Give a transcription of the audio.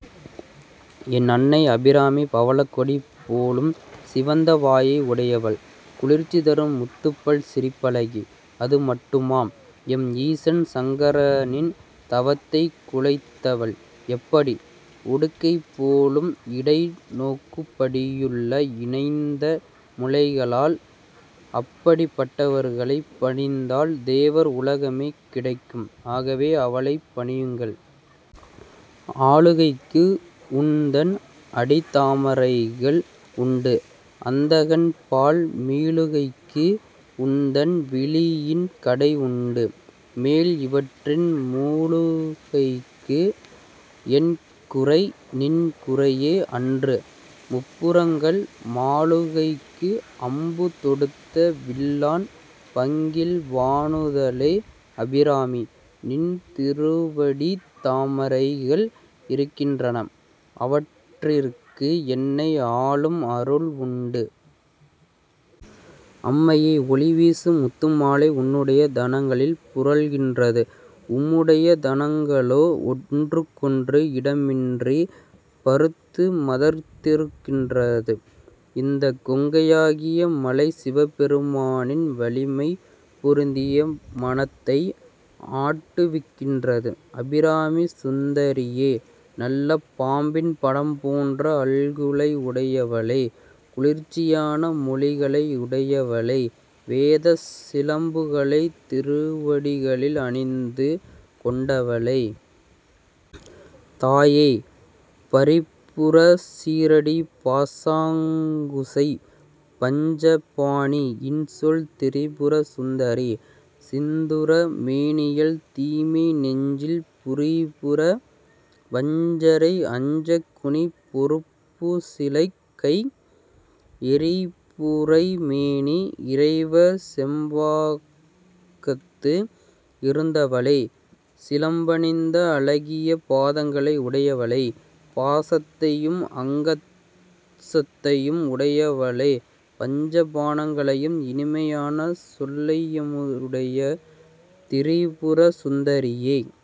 என் அன்னை அபிராமி பவளக்கொடி போலும் சிவந்த வாயை உடையவள். குளிர்ச்சி தரும் முத்துப்பல் சிரிப்பழகி, அது மட்டுமா? எம் ஈசன் சங்கரனின் தவத்தைக் குலைத்தவள். எப்படி? உடுக்கை போலும் இடை நோகும்படியுள்ள இணைந்த முலைகளால்! அப்படிப்பட்டவர்களைப் பணிந்தால் தேவர் உலகமே கிடைக்கும். ஆகவே அவளைப் பணியுங்கள்.: ஆளுகைக்கு, உன்தன் அடித்தாமரைகள் உண்டு, அந்தகன்பால் மீளுகைக்கு, உன்தன் விழியின் கடை உண்டு, மேல் இவற்றின் மூளுகைக்கு, என் குறை, நின் குறையே அன்று,-முப்புரங்கள். மாளுகைக்கு, அம்பு தொடுத்த வில்லான், பங்கில் வாணுதலே. அபிராமி! நின் திருவடித் தாமரைகள் இருக்கின்றன. அவற்றிற்கு என்னை ஆளும் அருள் உண்டு. அம்மையே! ஒளிவீசும் முத்துமாலை உன்னுடைய தனங்களில் புரள்கின்றது. உம்முடைய தனங்களோ ஒன்றுக்கொன்று இடமின்றி பருத்து மதர்த்திருக்கின்றது. இந்தக் கொங்கையாகிய மலை சிவபெருமானின் வலிமை பொருந்திய மனத்தை ஆட்டுவிக்கின்றது. அபிராமி சுந்தரியே! நல்ல பாம்பின் படம் போன்ற அல்குலை உடையவளே! குளிர்ச்சியான மொழிகளையுடையவளே! வேதச் சிலம்புகளைத் திருவடிகளில் அணிந்து கொண்டவளே! தாயே!: பரிபுரச் சீறடிப் பாசாங்குசை, பஞ்சபாணி, இன்சொல் திரிபுர சுந்தரி, சிந்துர மேனியள் தீமை நெஞ்சில் புரிபுர, வஞ்சரை அஞ்சக் குனி பொருப்புச்சிலைக் கை, எரி புரை மேனி, இறைவர் செம்பாகத்து இருந்தவளே. சிலம்பணிந்த அழகிய பாதங்களை உடையவளே! பாசத்தையும் அங்குசத்தையும் உடையவளே! பஞ்ச பாணங்களையும், இனிமையான சொல்லையுமுடைய திரிபுர சுந்தரியே!